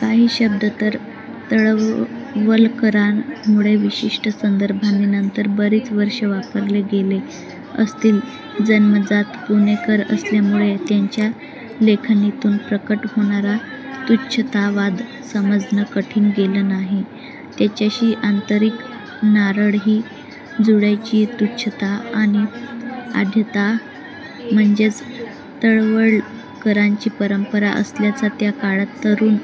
काही शब्द तर तळवलकरांमुळे विशिष्ट संदर्भांनी नंतर बरीच वर्षं वापरले गेले असतील. जन्मजात पुणेकर असल्यामुळे त्यांच्या लेखणीतून प्रकट होणारा तुच्छतावाद समजणं कठीण गेलं नाही. त्याच्याशी आंतरिक नाळही जुळायची. तुच्छता आणि आढ्यता म्हणजेच तळवलकरांची परंपरा असल्याचा, त्या काळात तरुण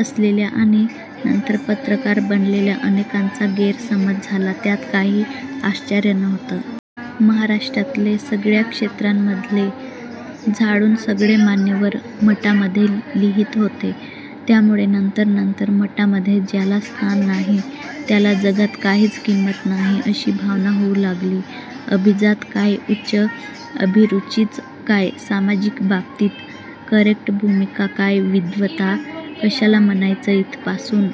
असलेल्या आणि नंतर पत्रकार बनलेल्या अनेकांचा गैरसमज झाला, त्यात काही आश्चर्य नव्हतं. महाराष्ट्रातले सगळ्या क्षेत्रांमधले झाडून सगळे मान्यवर मटामध्ये लिहीत होते. त्यामुळे नंतर नंतर मटामध्ये ज्याला स्थान नाही, त्याला जगात काहीच किंमत नाही, अशी भावना होऊ लागली. अभिजात काय, उच्च अभिरुचीचं काय, सामाजिक बाबतीत करेक्ट भूमिका काय, विद्वत्ता कशाला म्हणायचं इथपासून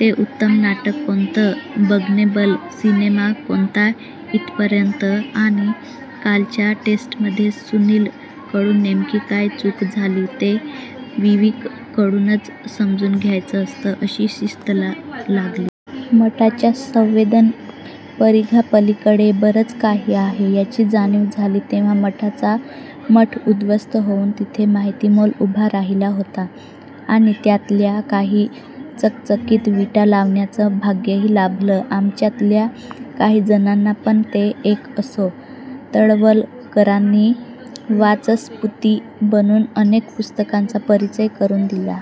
ते उत्तम नाटक कोणतं, बघणेबल सिनेमा कोणता इथपर्यंत आणि कालच्या टेस्टमध्ये सुनीलकडून नेमकी काय चूक झाली ते विविकंकडूनच समजून घ्यायचं असतं, अशी शिस्त लागली. मटाच्या संवेदनपरिघापलीकडे बरंच काही आहे, याची जाणीव झाली, तेव्हा मटाचा मठ उद्ध्वस्त होऊन तिथे माहितीमॉल उभा राहिला होता आणि त्यातल्या काही चकचकीत विटा लावण्याचं भाग्यही लाभलं आमच्यातल्या काहीजणांना. पण, ते एक असो. तळवलकरांनी वाचस्पती बनून अनेक पुस्तकांचा परिचय करून दिला.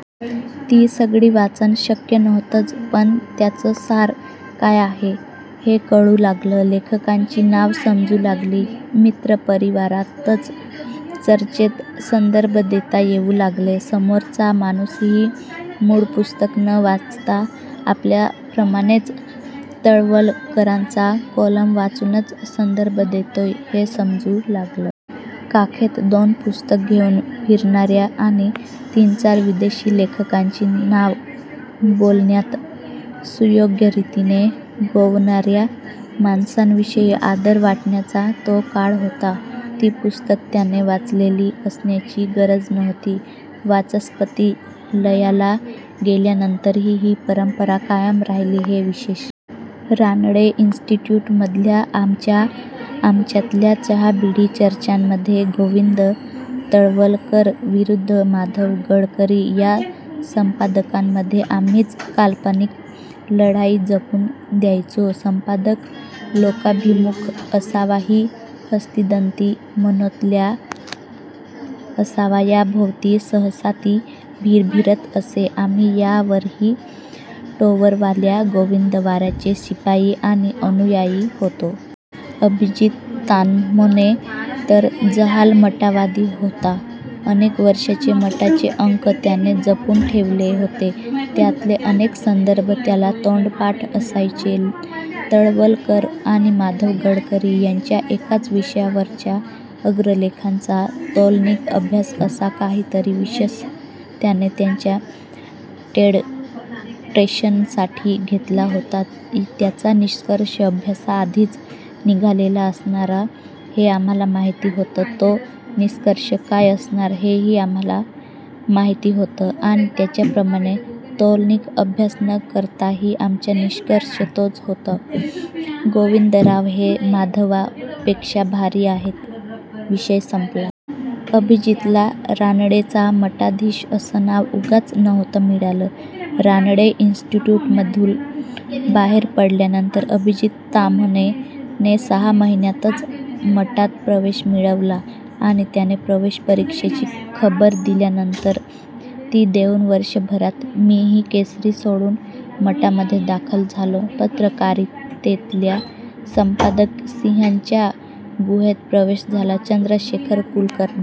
ती सगळी वाचणं शक्य नव्हतंच; पण, त्यांचं सार काय आहे, हे कळू लागलं, लेखकांची नावं समजू लागली. मित्रपरिवारात चर्चेत संदर्भ देता येऊ लागले. समोरचा माणूसही मूळ पुस्तक न वाचता आपल्याप्रमाणेच तळवलकरांचा कॉलम वाचूनच संदर्भ देतोय, हे समजू लागलं. काखेत दोन पुस्तकं घेऊन फिरणाऱ्या आणि तीन-चार विदेशी लेखकांची नावं बोलण्यात सुयोग्य रीतीने गोवणाऱ्या माणसांविषयी आदर वाटण्याचा तो काळ होता. ती पुस्तकं त्याने वाचलेली असण्याची गरज नव्हती. वाचस्पती लयाला गेल्यानंतरही ही परंपरा कायम राहिली, हे विशेष. रानडे इन्स्टिट्यूटमधल्या आमच्या-आमच्यातल्या चहा-बिडी चर्चांमध्ये गोविंद तळवलकर विरुद्ध माधव गडकरी या संपादकांमध्ये आम्हीच काल्पनिक लढाई जुंपून द्यायचो. संपादक लोकाभिमुख असावा की हस्तिदंती मनोऱ्यातला असावा, याभोवती सहसा ती भिरभिरत असे. आम्ही आयव्हरी टॉवरवाल्या गोविंदरावांचे शिपाई आणि अनुयायी होतो. अभिजीत ताम्हणे तर जहाल मटावादी होता. अनेक वर्षांचे मटाचे अंक त्याने जपून ठेवले होते, त्यातले अनेक संदर्भ त्याला तोंडपाठ असायचे. तळवलकर आणि माधव गडकरी यांच्या एकाच विषयांवरच्या अग्रलेखांचा तौलनिक अभ्यास असा काहीतरी विषय त्याने त्याच्या डेझर्टेशनसाठी घेतला होता त्याचा निष्कर्ष अभ्यासाआधीच निघालेला असणार हे आम्हाला माहिती होतं; तो निष्कर्ष काय असणार, हेही आम्हाला माहिती होतं आणि त्याच्याप्रमाणे तौलनिक अभ्यास न करताही आमचा निष्कर्ष तोच होता गोविंदराव हे माधवरावांपेक्षा भारी आहेत विषय संपला! अभिजीतला रानडेचा मटाधीश असं नाव उगाच नव्हतं मिळालं. रानडे इन्स्टिट्यूटमधून बाहेर पडल्यानंतर अभिजीत ताम्हणेने सहा महिन्यांतच मटात प्रवेश मिळवला आणि त्याने प्रवेशपरीक्षेची खबर दिल्यानंतर ती देऊन वर्षभरात मीही केसरी सोडून मटामध्ये दाखल झालो. पत्रकारितेतल्या संपादक-सिंहाच्या गुहेत प्रवेश झाला. चंद्रशेखर कुलकर्णी,